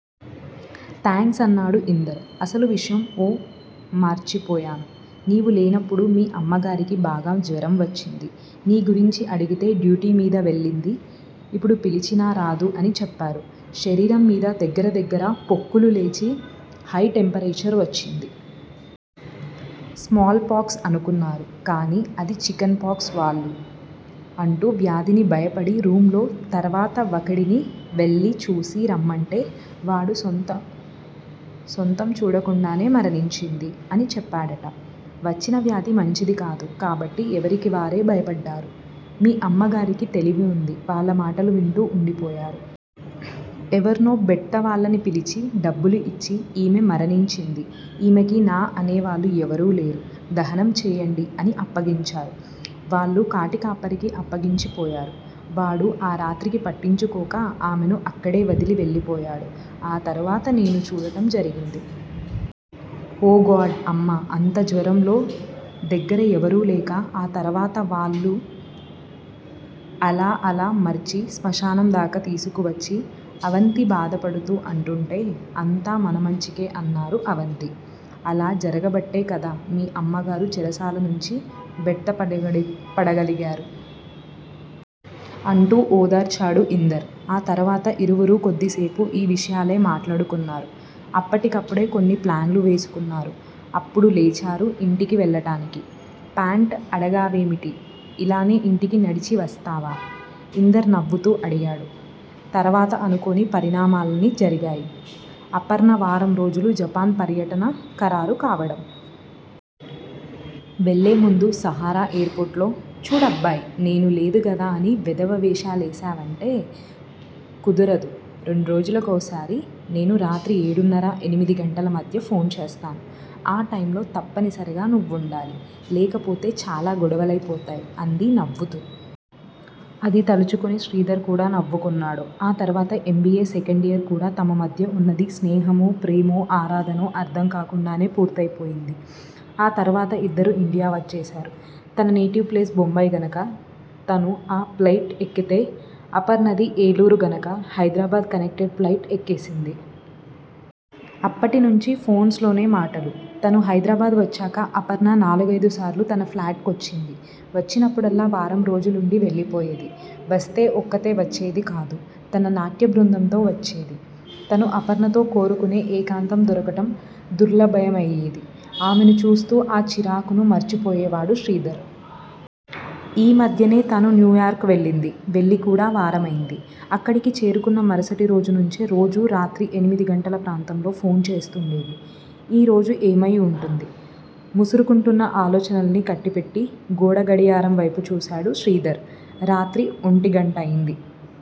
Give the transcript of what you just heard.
Thanks అన్నాడు ఇందర్. అసలు విషయం? ఓ మార్చేపోయాను. నీవు లేనపుడు మీ అమ్మగారికి బాగా జ్వరం వచ్చింది. నీ గురించి అడిగితే డ్యూటి మీద వెళ్ళింది యిప్పుడు పిలిచినా రాదు అని చెప్పారు. శరీరం మీద దగ్గర దగ్గర పొక్కులు లేచి హ్తె టెంపరేచర్ వచ్చింది. స్మాల్ పాక్స్ అనుకున్నారు. కానీ అది చికెన్ పాక్స్ వాళ్ళు అంటు వ్యాధిని భయపడి రూమ్ లో తర్వాత వకడిని వెళ్ళి చూసి రమ్మంటే వాడు సొంతం చూడకుండానే మరణించింది అని చెప్పాడట. వచ్చిన వ్యాధి మంచిది కాదు కాబట్టి ఎవరికీ వారే భయపడ్డారు. మీ అమ్మగారికి తెలివి వుంది వాళ్ళ మాటలు వింటూ ఉండి పోయారు. ఎవరినో బ్తేటవాళ్ళని పిలిచి డబ్బులు యిచ్చి ఈమె మరనించింది. ఈమెకి నా అనే వాళ్ళు ఎవరూ లేరు. దహనం చేయండి. అని అప్పగించారు. వాళ్ళు కాటికాపరికి అప్పగించి పోయారు. వాడు ఆ రాత్రికి పట్టించుకొక ఆమెని అక్కడే వదిలి వెళ్ళిపోయాడు. ఆ తర్వత నేను చూడటం జరిగింది. ఓ గాడ్ అమ్మ. అంత జ్వరంలో దగ్గర ఎవరూ లేక ఆ తర్వాత వాళ్ళు అలా అలా మార్చి స్మశానం దాకా తీసుకు వచ్చి అవంతి బాధపడుతూ అంటుంటే అంతా మన మచికే అన్నారు అవంతి! అలా జరగబట్టే కదా మీ అమ్మగారు చెరసాల నుంచి బ్తేట పడగలిగారు! అంటూ ఓదార్చాడు ఇందర్. ఆ తర్వాత ఇరువురూ కొద్దిసేపు ఈ విషయాలే మాట్లాడుకున్నారు. అప్పటి కప్పడే కొన్ని ప్లాన్లు వేసుకున్నారు. అప్పుడు లేచారు ఇంటికి వెళ్ళటానికి. ప్యాంట్ అడగవేమిటి ఇలాగే ఇంటికి నడిచి వస్తావా! ఇందర్ నవ్వుతూ అడిగాడు. తరువాత అనుకోని పరిణామాలన్నీ జరిగాయి. అపర్ణ వారం రోజులు జపాన్ పర్యటన ఖరారు కావడం. వెళ్ళే ముందు సహారా ఎయిర్ పోర్ట్ లో చూడబ్బాయ్ నేనులేను గదా అని వెధవ వేషాలేశావంటే కుదరదు రెండ్రోజుల కొకసారి నేను రాత్రి ఏడున్నర ఎనిమిది గంటల మధ్య ఫోన్ చేస్తాను. ఆ టైమ్ లో తప్పని సరిగా నువ్వుండాలి. లేకపోతే చాలా గొడవలై పోతాయి అంది నవ్వుతూ. అది తలుచుకుని శ్రీధర్ కూడా నవ్వుకున్నాడు. ఆ తరువాత ఎం. బి. ఏ. సెకండియర్ కూడా- తమ మధ్య వున్నది స్నేహమో ప్రేమో ఆరాధనో అర్థం కాకుండానే పూర్తయిపోయింది. ఆ తరువాత ఇద్దరూ ఇండియా వచ్చేశారు. తన నేటివ్ ప్లేస్ బొంబాయి గనుక తను ఆ ప్లయిట్ ఎక్కితే- అపర్ణది ఏలూరు గనుక హైదరాబాద్ కనెక్టెడ్ ఫ్లయిట్ ఎక్కేసింది. అప్పటి నుంచి ఫోన్స్ లోనే మాటలు. తను హైదరాబాద్ వచ్చాక అపర్ణ నాలుగైదుసార్లు తన ఫ్లాట్ కొచ్చింది. వచ్చినప్పుడల్లా వారం రోజులుండి వెళ్ళిపోయేది. వస్తే ఒక్కతే వచ్చేది కాదు- తన నాట్య బృందంతో వచ్చేది. తను అపర్ణతో కోరుకునే ఏకాంతం దొరకటం దుర్లభమయ్యేది. ఆమెను చూస్తూ ఆ చిరాకును మర్చిపోయేవాడు శ్రీధర్. ఈ మధ్యనే తాను న్యూయార్క్ వెళ్ళింది. వెళ్ళి కూడా వారమయింది. అక్కడికి చేరుకున్న మరుసటి రోజు నుంచే రోజూ రాత్రి ఎనిమిది గంటల ప్రాంతంలో ఫోన్ చేస్తుండేది. ఈ రోజు ఏమయి వుంటుంది? ముసురుకుంటున్న ఆలోచనల్ని కట్టిపెట్టి, గోడ గడియారం వైపు చూశాడు శ్రీధర్. రాత్రి ఒంటి గంటయింది.